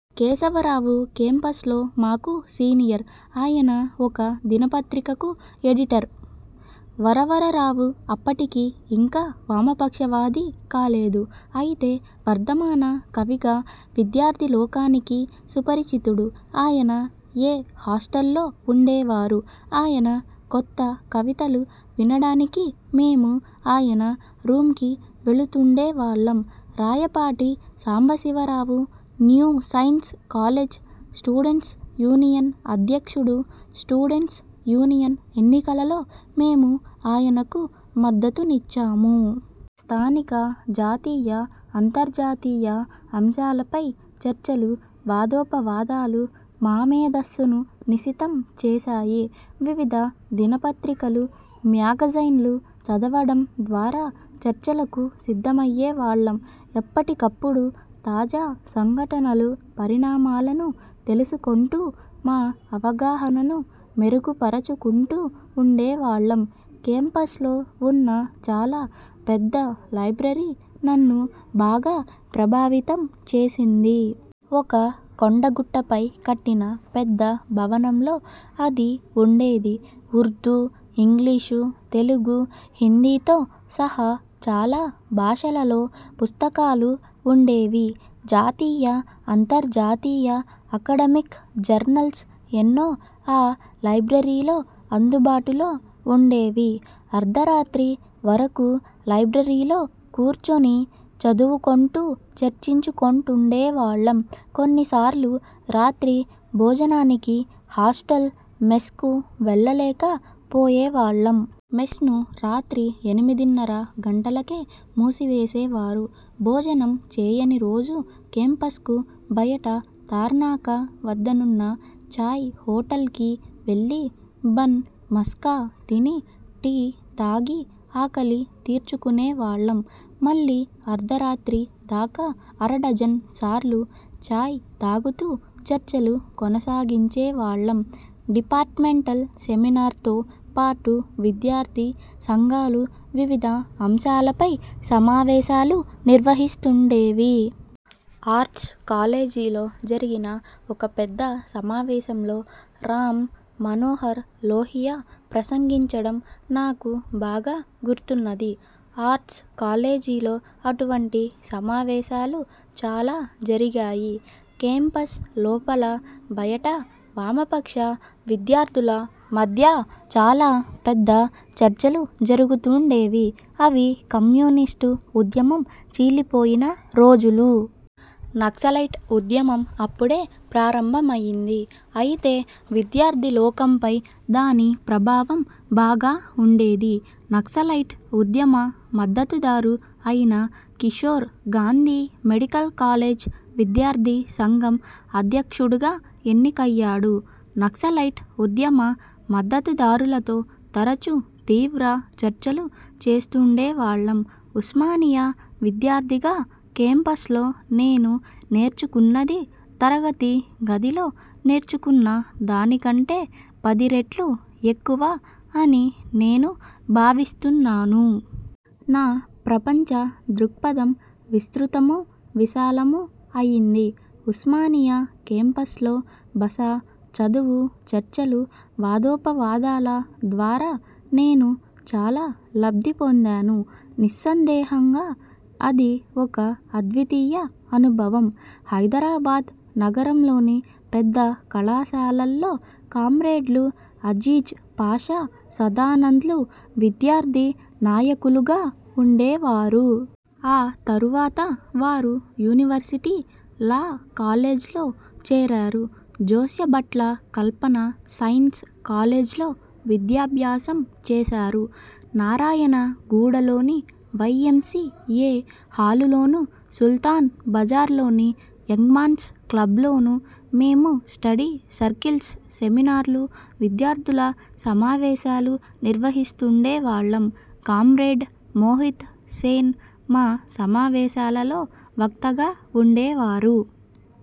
కేశవరావు కేంపస్లో మాకు సీనియర్. ఆయన ఒక దినపత్రికకు ఎడిటర్. వరవరరావు అప్పటికి ఇంకా వామపక్షవాది కాలేదు. అయితే వర్థమాన కవిగా విద్యార్థిలోకానికి సుపరిచితుడు. ఆయన 'ఎ' హాస్టల్లో। వుండేవారు. ఆయన కొత్త కవితలు వినడానికి మేము ఆయన రూమ్కి వెళుతుండేవాళ్ళం. Rayapati Sambasivarao new science college students union అధ్యక్షుడు, స్టూడెంట్స్ యూనియన్ ఎన్నికలలో మేము ఆయనకు మద్దతునిచ్చాము. స్థానిక, జాతీయ, అంతర్జాతీయ అంశాలపై చర్చలు, వాదోపవాదాలు మామేధస్సును నిశితం చేశాయి. వివిధ దినపత్రికలు, మ్యాగజైన్లు చదవడం ద్వారా చర్చలకు సిద్ధమయ్యేవాళ్ళం. ఎప్పటికప్పుడు తాజా సంఘటనలు, పరిణామాలను తెలుసుకొంటూ మా అవగాహనను మెరుగుపరచుకుంటూ వుండేవాళ్ళం. కేంపస్లో వున్న చాలా పెద్ద లైబ్రరీ నన్ను బాగా ప్రభావితం చేసింది. ఒక కొండగుట్టపై కట్టిన పెద్ద భవనంలో అది వుండేది. ఉర్దూ, ఇంగ్లీషు, తెలుగు, హిందీతో సహా చాలా భాషలలో పుస్తకాలు వుండేవి. జాతీయ, అంతర్జాతీయ అకడమిక్ జర్నల్స్ ఎన్నో ఆ లైబ్రరీలో అందుబాటులో వుండేవి. అర్థరాత్రి వరకు లైబ్రరీలో కూర్చొని చదువుకొంటూ చర్చించుకొంటుండేవాళ్ళం. కొన్నిసార్లు రాత్రి భోజనానికి హాస్టల్ మెస్కు వెళ్ళలేక పోయేవాళ్ళం. మెస్ను రాత్రి ఎనిమిదిన్నర గంటలకే మూసివేసేవారు. భోజనం చేయనిరోజు కేంపస్కు బయట తార్నాక వద్దనున్న చాయ్ హోటల్కి వెళ్ళి బన్ మస్కా తిని, టీ తాగి ఆకలి తీర్చుకునేవాళ్ళం. మళ్ళీ అర్థరాత్రి దాకా అరడజన్ సార్లు చాయ్ తాగుతూ చర్చలు కొనసాగించేవాళ్ళం. డిపార్ట్మెంటల్ సెమినార్స్తో పాటు విద్యార్థి సంఘాలు వివిధ అంశాలపై సమావేశాలు నిర్వహిస్తుండేవి. ఆర్ట్స్ కాలేజీలో జరిగిన ఒక పెద్ద సమావేశంలో రామ్ మనోహర్ లోహియా ప్రసంగించడం నాకు బాగా గుర్తున్నది. ఆర్ట్స్ కాలేజీలో అటువంటి సమావేశాలు చాలా జరిగాయి. కేంపస్ లోపల బయటా వామపక్ష విద్యార్థుల మధ్య చాలా పెద్ద చర్చలు జరుగుతుండేవి. అవి కమ్యూనిస్టు ఉద్యమం చీలిపోయిన రోజులు. నక్సలైట్ ఉద్యమం అప్పుడే ప్రారంభమయింది. అయితే విద్యార్థిలోకంపై దాని ప్రభావం బాగా వుండేది. నక్సలైట్ ఉద్యమ మద్దతుదారు అయిన కిషోర్, గాంధీ మెడికల్ కాలేజ్ విద్యార్థి సంఘం అధ్యక్షుడుగా ఎన్నికయ్యాడు. నక్సలైట్ ఉద్యమ మద్దతుదారులతో తరచు తీవ్ర చర్చలు చేస్తుండేవాళ్ళం. ఉస్మానియా విద్యార్థిగా కేంపస్లో నేను నేర్చుకున్నది తరగతి గదిలో నేర్చుకున్న దానికంటే పదిరెట్లు ఎక్కువ అని నేను భావిస్తున్నాను. నా ప్రపంచ దృక్పథం విస్తృతమూ, విశాలమూ అయింది. ఉస్మానియా కేంపస్లో బస, చదువు, చర్చలు, వాదోపవాదాల ద్వారా నేను చాలా లబ్ధి పొందాను. నిస్సందేహంగా అది ఒక అద్వితీయ అనుభవం. హైదరాబాద్ నగరంలోని పెద్ద కళాశాలల్లో కామ్రేడ్లు అజీజ్ పాషా, సదానంద్లు విద్యార్థి నాయకులుగా వుండేవారు. ఆ తరువాత వారు యూనివర్శిటీ లా కాలేజ్లో చేరారు. జోస్యభట్ల కల్పన సైన్స్ కాలేజ్లో విద్యాభ్యాసం చేశారు. నారాయణగూడలోని వైఎంసీఏ హాలులోను, సుల్తాన్ బజార్లోని యంగ్మాన్స్ క్లబ్లోను మేము స్టడీ సర్కిల్స్, సెమినార్లు, విద్యార్థుల సమావేశాలు నిర్వహిస్తుండేవాళ్ళం. కామ్రేడ్ మోహిత్ సేన్ మా సమావేశాలలో వక్తగా వుండేవారు.